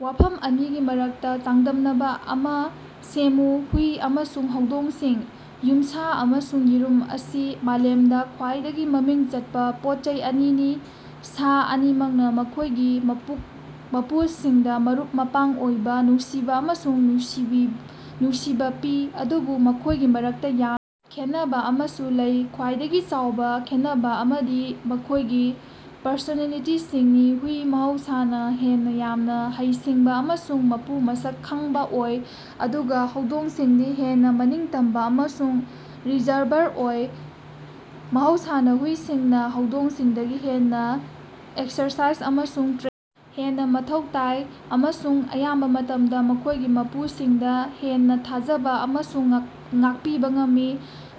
ꯋꯥꯐꯝ ꯑꯅꯤꯒꯤ ꯃꯔꯛꯇ ꯆꯥꯡꯗꯝꯅꯕ ꯑꯃꯥ ꯁꯦꯝꯃꯨ꯫ ꯍꯨꯏ ꯑꯃꯁꯨꯡ ꯍꯧꯗꯣꯡꯁꯤꯡ꯫ ꯌꯨꯝꯁꯥ ꯑꯃꯁꯨꯡ ꯌꯦꯔꯨꯝ ꯑꯁꯤ ꯃꯥꯂꯦꯝꯗ ꯈ꯭ꯋꯥꯏꯗꯒꯤ ꯃꯃꯤꯡ ꯆꯠꯄ ꯄꯣꯠꯆꯩ ꯑꯅꯤꯅꯤ꯫ ꯁꯥ ꯑꯅꯤꯃꯛꯅ ꯃꯈꯣꯢꯒꯤ ꯃꯄꯨꯁꯤꯡꯗ ꯃꯔꯨꯞ-ꯃꯄꯥꯡ ꯑꯣꯏꯕꯥ ꯅꯨꯡꯁꯤꯕꯥ ꯑꯃꯁꯨꯡ ꯅꯨꯡꯁꯤꯕꯥ ꯄꯤ ꯑꯗꯨꯕꯨ ꯃꯈꯣꯢꯒꯤ ꯃꯔꯛꯇ ꯌꯥꯝꯅ ꯈꯦꯠꯅꯕ ꯑꯃꯁꯨ ꯂꯩ꯫ ꯈ꯭ꯋꯥꯏꯗꯒꯤ ꯆꯥꯎꯕ ꯈꯦꯠꯅꯕ ꯑꯃꯗꯤ ꯃꯈꯣꯢꯒꯤ ꯄꯔꯁꯣꯅꯦꯂꯤꯇꯤꯁꯤꯡꯅꯤ: ꯍꯨꯏ ꯃꯍꯧꯁꯥꯅ ꯍꯦꯟꯅ ꯌꯥꯝꯅ ꯍꯩꯁꯤꯡꯕ ꯑꯃꯁꯨꯡ ꯃꯄꯨ ꯃꯁꯛ ꯈꯪꯕ ꯑꯣꯏ ꯑꯗꯨꯒ ꯍꯧꯗꯣꯡꯁꯤꯡꯗꯤ ꯍꯦꯟꯅ ꯃꯅꯤꯡꯇꯝꯕ ꯑꯃꯁꯨꯡ ꯔꯤꯖꯔꯚꯔ ꯑꯣꯏ꯫ ꯃꯍꯧꯁꯥꯅꯥ ꯍꯨꯏꯁꯤꯡꯅ ꯍꯧꯗꯣꯡꯁꯤꯡꯗꯒꯤ ꯍꯦꯟꯅ ꯑꯦꯛꯁꯔꯁꯥꯏꯖ ꯑꯃꯁꯨꯡ ꯇ꯭ꯔꯦ ꯍꯦꯟꯅ ꯃꯊꯧ ꯇꯥꯏ ꯑꯃꯁꯨꯡ ꯑꯌꯥꯝꯕ ꯃꯇꯝꯗ ꯃꯈꯣꯢꯒꯤ ꯃꯄꯨꯁꯤꯡꯗ ꯍꯦꯟꯅꯥ ꯊꯥꯖꯕ ꯑꯃꯁꯨꯡ ꯉꯥꯛꯄꯤꯕ ꯉꯝꯃꯤ꯫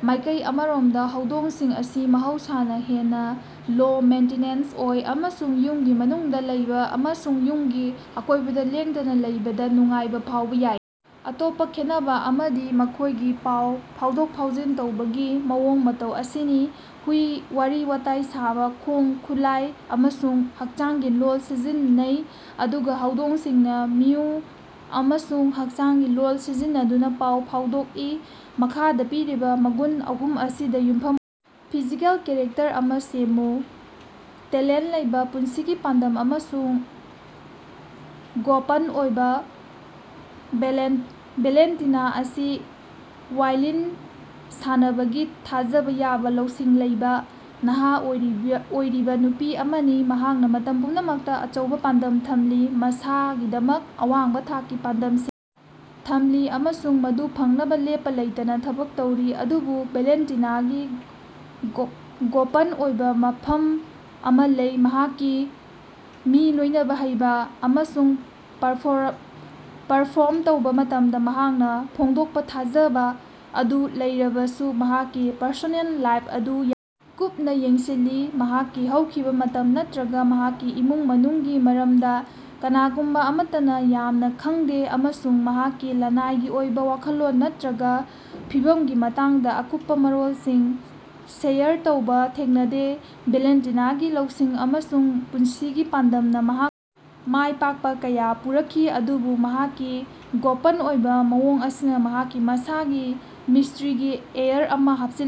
ꯃꯥꯢꯀꯩ ꯑꯃꯔꯣꯝꯗ ꯍꯧꯗꯣꯡꯁꯤꯡ ꯑꯁꯤ ꯃꯍꯧꯁꯥꯅ ꯍꯦꯟꯅꯥ ꯂꯣ-ꯃꯦꯟꯇꯤꯅꯦꯟꯁ ꯑꯣꯏ ꯑꯃꯁꯨꯡ ꯌꯨꯝꯒꯤ ꯃꯅꯨꯡꯗ ꯂꯩꯕ ꯑꯃꯁꯨꯡ ꯌꯨꯝꯒꯤ ꯑꯀꯣꯢꯕꯗ ꯂꯦꯡꯗꯅ ꯂꯩꯕꯗ ꯅꯨꯡꯉꯥꯏꯕꯥ ꯐꯥꯎꯕ ꯌꯥꯏ꯫ ꯑꯇꯣꯞꯄꯥ ꯈꯦꯠꯅꯕ ꯑꯃꯗꯤ ꯃꯈꯣꯢꯒꯤ ꯄꯥꯎ ꯐꯥꯎꯗꯣꯛ-ꯐꯥꯎꯖꯤꯟ ꯇꯧꯕꯒꯤ ꯃꯑꯣꯡ-ꯃꯇꯧ ꯑꯁꯤꯅꯤ: ꯍꯨꯏ ꯋꯥꯔꯤ-ꯋꯥꯇꯥꯏ ꯁꯥꯕ ꯈꯣꯡ-ꯈꯨꯠꯂꯥꯏ ꯑꯃꯁꯨꯡ ꯍꯛꯆꯥꯡꯒꯤ ꯂꯣꯜ ꯁꯤꯖꯤꯟꯅꯩ ꯑꯗꯨꯒ ꯍꯧꯗꯣꯡꯁꯤꯡꯅ ꯃꯤꯎ ꯑꯃꯁꯨꯡ ꯍꯛꯆꯥꯡꯒꯤ ꯂꯣꯜ ꯁꯤꯖꯤꯟꯅꯗꯨꯅ ꯄꯥꯎ ꯐꯥꯎꯗꯣꯛꯏ꯫ ꯃꯈꯥꯗꯥ ꯄꯤꯔꯤꯕꯥ ꯃꯒꯨꯟ ꯑꯍꯨꯝ ꯑꯁꯤꯗꯥ ꯌꯨꯝꯐꯝ ꯑꯣꯏꯕꯥ ꯐꯤꯖꯤꯀꯦꯜ ꯀꯦꯔꯦꯛꯇꯔ ꯑꯃꯥ ꯁꯦꯝꯃꯨ꯫ ꯇꯦꯂꯦꯟꯇ ꯂꯩꯕꯥ, ꯄꯨꯟꯁꯤꯒꯤ ꯄꯥꯟꯗꯝ ꯑꯃꯁꯨꯡ ꯒꯣꯄꯟ ꯑꯣꯏꯕꯥ꯫ ꯚꯦꯂꯦꯟꯇꯤꯅ ꯑꯁꯤ ꯋꯥꯏꯂꯤꯟ ꯁꯥꯟꯅꯕꯒꯤ ꯊꯥꯖꯕ ꯌꯥꯕ ꯂꯧꯁꯤꯡ ꯂꯩꯕꯥ ꯅꯍ ꯑꯣꯏꯔꯤꯕꯥ ꯅꯨꯄꯤ ꯑꯃꯅꯤ꯫ ꯃꯍꯥꯛꯅ ꯃꯇꯝ ꯄꯨꯝꯅꯃꯛꯇ ꯑꯆꯧꯕꯥ ꯄꯥꯟꯗꯝ ꯊꯝꯂꯤ ꯃꯁꯥꯒꯤꯗꯃꯛ ꯑꯋꯥꯡꯕꯥ ꯊꯥꯛꯀꯤ ꯄꯥꯟꯗꯝꯁꯤꯡ ꯊꯝꯂꯤ ꯑꯃꯁꯨꯡ ꯃꯗꯨ ꯐꯪꯅꯕꯥ ꯂꯦꯞꯄꯥ ꯂꯩꯇꯅꯥ ꯊꯕꯛ ꯇꯧꯔꯤ꯫ ꯑꯗꯨꯕꯨ ꯚꯦꯂꯦꯟꯇꯤꯅꯥꯒꯤ ꯒꯣꯄꯟ ꯑꯣꯏꯕꯥ ꯃꯐꯝ ꯑꯃꯥ ꯂꯩ꯫ ꯃꯍꯥꯛꯀꯤ ꯃꯤ ꯂꯣꯏꯅꯕ ꯍꯩꯕ ꯑꯃꯁꯨꯡ ꯄꯔꯐꯣꯔꯝ ꯇꯧꯕꯥ ꯃꯇꯝꯗ ꯃꯍꯥꯛꯅ ꯐꯣꯡꯗꯣꯛꯄ ꯊꯥꯖꯕ ꯑꯗꯨ ꯂꯩꯔꯕꯁꯨ ꯃꯍꯥꯛꯀꯤ ꯄꯔꯁꯣꯅꯦꯜ ꯂꯥꯏꯐ ꯑꯗꯨ ꯌꯥꯝꯅꯥ ꯀꯨꯞꯅꯥ ꯌꯦꯡꯁꯤꯜꯂꯤ꯫ ꯃꯍꯥꯛꯀꯤ ꯍꯧꯈꯤꯕꯥ ꯃꯇꯝ ꯅꯠꯇ꯭ꯔꯒꯥ ꯃꯍꯥꯛꯀꯤ ꯏꯃꯨꯡ ꯃꯅꯨꯡꯒꯤ ꯃꯔꯝꯗ ꯀꯅꯥꯒꯨꯝꯕ ꯑꯃꯠꯇꯅ ꯌꯥꯝꯅꯥ ꯈꯡꯗꯦ ꯑꯃꯁꯨꯡ ꯃꯍꯥꯛꯀꯤ ꯂꯅꯥꯏꯒꯤ ꯑꯣꯏꯕꯥ ꯋꯥꯈꯜꯂꯣꯟ ꯅꯠꯇ꯭ꯔꯒꯥ ꯐꯤꯚꯝꯒꯤ ꯃꯇꯥꯡꯗ ꯑꯀꯨꯞꯄꯥ ꯃꯔꯣꯜꯁꯤꯡ ꯁꯦꯌꯔ ꯇꯧꯕꯥ ꯊꯦꯡꯅꯗꯦ꯫ ꯚꯦꯂꯦꯟꯇꯤꯅꯥꯒꯤ ꯂꯧꯁꯤꯡ ꯑꯃꯁꯨꯡ ꯄꯨꯟꯁꯤꯒꯤ ꯄꯥꯟꯗꯝꯅ ꯃꯍꯥꯛ ꯃꯥꯢ ꯄꯥꯛꯄ ꯀꯌꯥ ꯄꯨꯔꯛꯈꯤ ꯑꯗꯨꯕꯨ ꯃꯍꯥꯛꯀꯤ ꯒꯣꯄꯟ ꯑꯣꯏꯕ ꯃꯑꯣꯡ ꯑꯁꯤꯅ ꯃꯍꯥꯛꯀꯤ ꯃꯁꯥꯒꯤ ꯃꯤꯁꯇ꯭ꯔꯤꯒꯤ ꯑꯦꯌꯔ ꯑꯃꯥ ꯍꯥꯞꯆꯤꯜꯂꯤ꯫